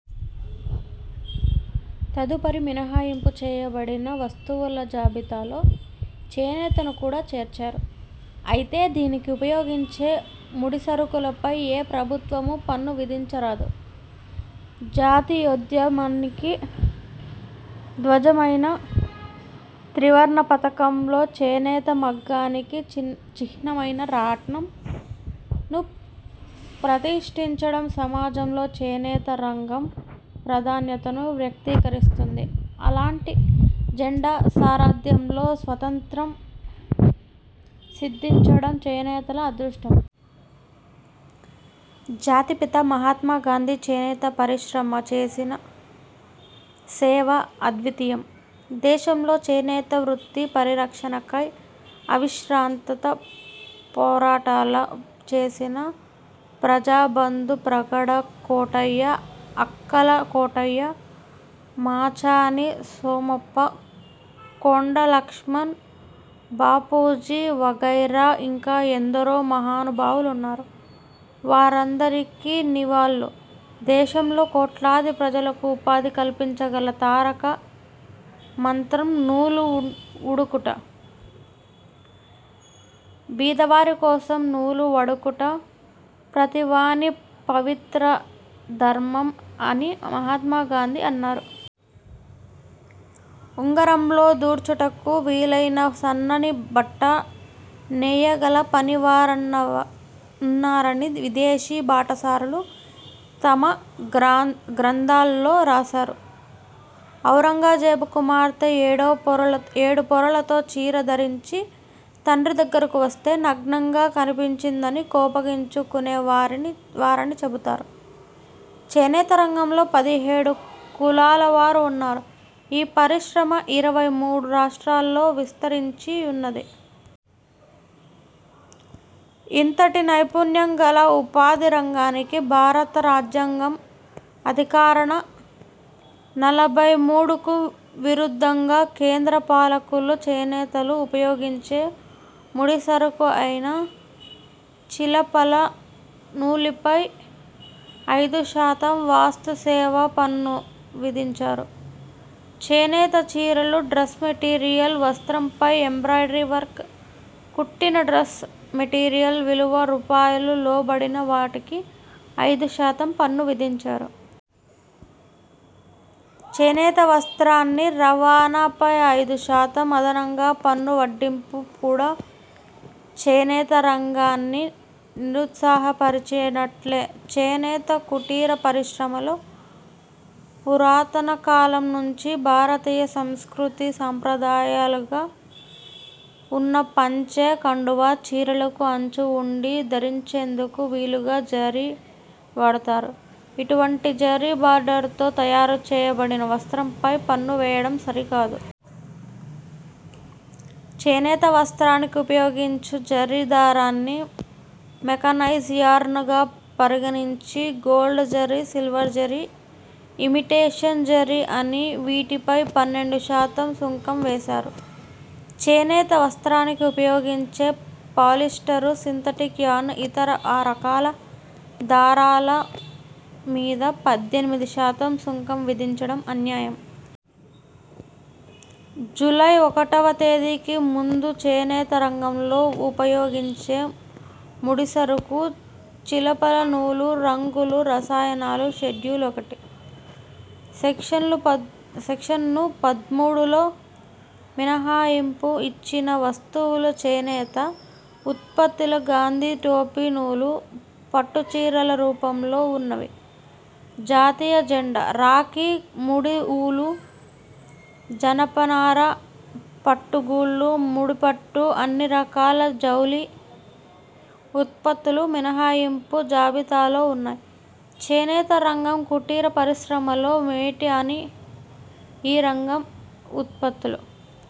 తదుపరి మినహాయింపు చేయబడిన వస్తువుల జాబితాలో చేనేతను కూడా చేర్చారు. అయితే దీనికి ఉపయోగించే ముడిసరుకులపై ఏ ప్రభుత్వమూ పన్ను విధించరాదు. జాతీయోద్యమానికి ధ్వజమైన త్రివర్ణ పతాకంలో చేనేత మగ్గానికి చిహ్నమైన రాట్నం ను ప్రతిష్టించడం సమాజంలో చేనేత రంగం ప్రాధాన్యతను వ్యక్తీకరిస్తుంది. అలాంటి జెండా సారధ్యంలో స్వాతంత్ర్యం సిద్ధించడం చేనేతల అదృష్టం. జాతి పిత మహాత్మాగాంధీ చేనేత పరిశ్రమకు చేసిన సేవ అద్వితీయం. దేశంలో చేనేత వృత్తి పరిరక్షణకై అవిశ్రాంత పోరాటాలు చేసిన ప్రజాబంధు ప్రగడ కోటయ్య, అక్కల కోటయ్య, మాచాని సోమప్ప, కొండా లక్ష్మణ్ బాపూజీ వగైరా ఇంకా ఎందరో మహానుభావులున్నారు. వారందరికి నివాళులు. దేశంలో కోట్లాది ప్రజలకు ఉపాధి కల్పించగల తారక మంత్రం నూలు వడుకుట, బీదవారి కోసం నూలు వడుకుట, ప్రతివాని పవిత్ర ధర్మం అని మహాత్మా గాంధీ అన్నారు. ఉంగరంలో దూర్చుటకు వీలైన సన్నని బట్ట నేయగల పనివారుఅన్ పనివారున్నారని విదేశీ బాటసారులు తమ గ్రాన్ గ్రంథాల్లో రాసారు. ఔరంగజేబు కుమార్తె ఏడు పొరలతో చీరె ధరించి తండ్రి దగ్గరకు వస్తే నగ్నంగా కన్పించిందని కోపగించుకునే వారని చెబుతారు. చేనేత రంగంలో పదిహేడు కులాల వారు వున్నారు. ఈ పరిశ్రమ ఇరవై మూడు రాష్ట్రాలలో విస్తరించి యున్నది. ఇంతటి నైపుణ్యం గల ఉపాధి రంగానికి భారత రాజ్యాంగం అధికరణ నలభై మూడుకు విరుద్ధంగా కేంద్ర పాలకులు చేనేతలు ఉపయోగించే ముడిసరుకు అయిన చిలపల నూలుపై ఐదు శాతం వస్తు సేవా పన్ను విధించారు. చేనేత చీరెలు, డ్రస్ మెటీరియల్, వస్త్రంపై ఎంబ్రాయిడరీ వర్కు, కుట్టిన డ్రస్ మెటీరియల్స్ విలువ రూపాయలు లోబడిన వాటికి ఐదు శాతం పన్ను విధించారు. చేనేత వస్త్రాన్ని రవాణా పై ఐదు శాతం అదనంగా పన్ను వడ్డింపు కూడా చేనేత రంగాన్ని నిరుత్సాహపరిచనట్లే. చేనేత కుటీర పరిశ్రమలో పురాతన కాలం నుంచి భారతీయ సంస్కృతి, సాంప్రదాయంగాఝ ఉన్న పంచె, కండువా, చీరెలకు అంచు వుండి ధరించేందుకు వీలుగా జరీ వాడుతారు. ఇటువంటి జరీ బార్డరుతో తయారు చేయబడిన వస్త్రం పై పన్ను వేయడం సరికాదు. చేనేత వస్త్రానికి ఉపయోగించు జరీ దారాన్ని మెకానైజ్డ్ యార్న్ గా పరిగణించి gold zari, silver zari, imitation zari అని వీటిపై పన్నెండు శాతం సుంకం వేశారు. చేనేత వస్త్రానికి ఉపయోగించు పాలిస్టరు, సింథటిక్ యార్న్, ఇతర రకాల దారాల మీద పద్దెనిమిది శాతం సుంకం విధించడం అన్యాయం. జూలై ఒకటివ తేదీకి ముందు చేనేత రంగంలో వుపయోగించే ముడిసరుకు చిలపల నూలు, రంగులు, రసాయనాలు షెడ్యూల్ ఒకటి, సెక్షలు సెక్షను పదమూడులో మినహాయింపు ఇచ్చిన వస్తువులుచేనేత ఉత్పత్తులు, గాంధీటోపి నూలు, పట్టు చీరల రూపంలో వున్నవి జాతీయ జెండా, రాఖీ ముడి ఊలు, జనపనార పట్టుగూళ్ళు, ముడిపట్టు అన్ని రకాల జౌళి ఉత్పత్తులు మినహాయింపు జాబితాలో ఉన్నాయి. చేనేత రంగం కుటీర పరిశ్రమలలో మేటి అని, ఈ రంగ ఉత్పత్తులు,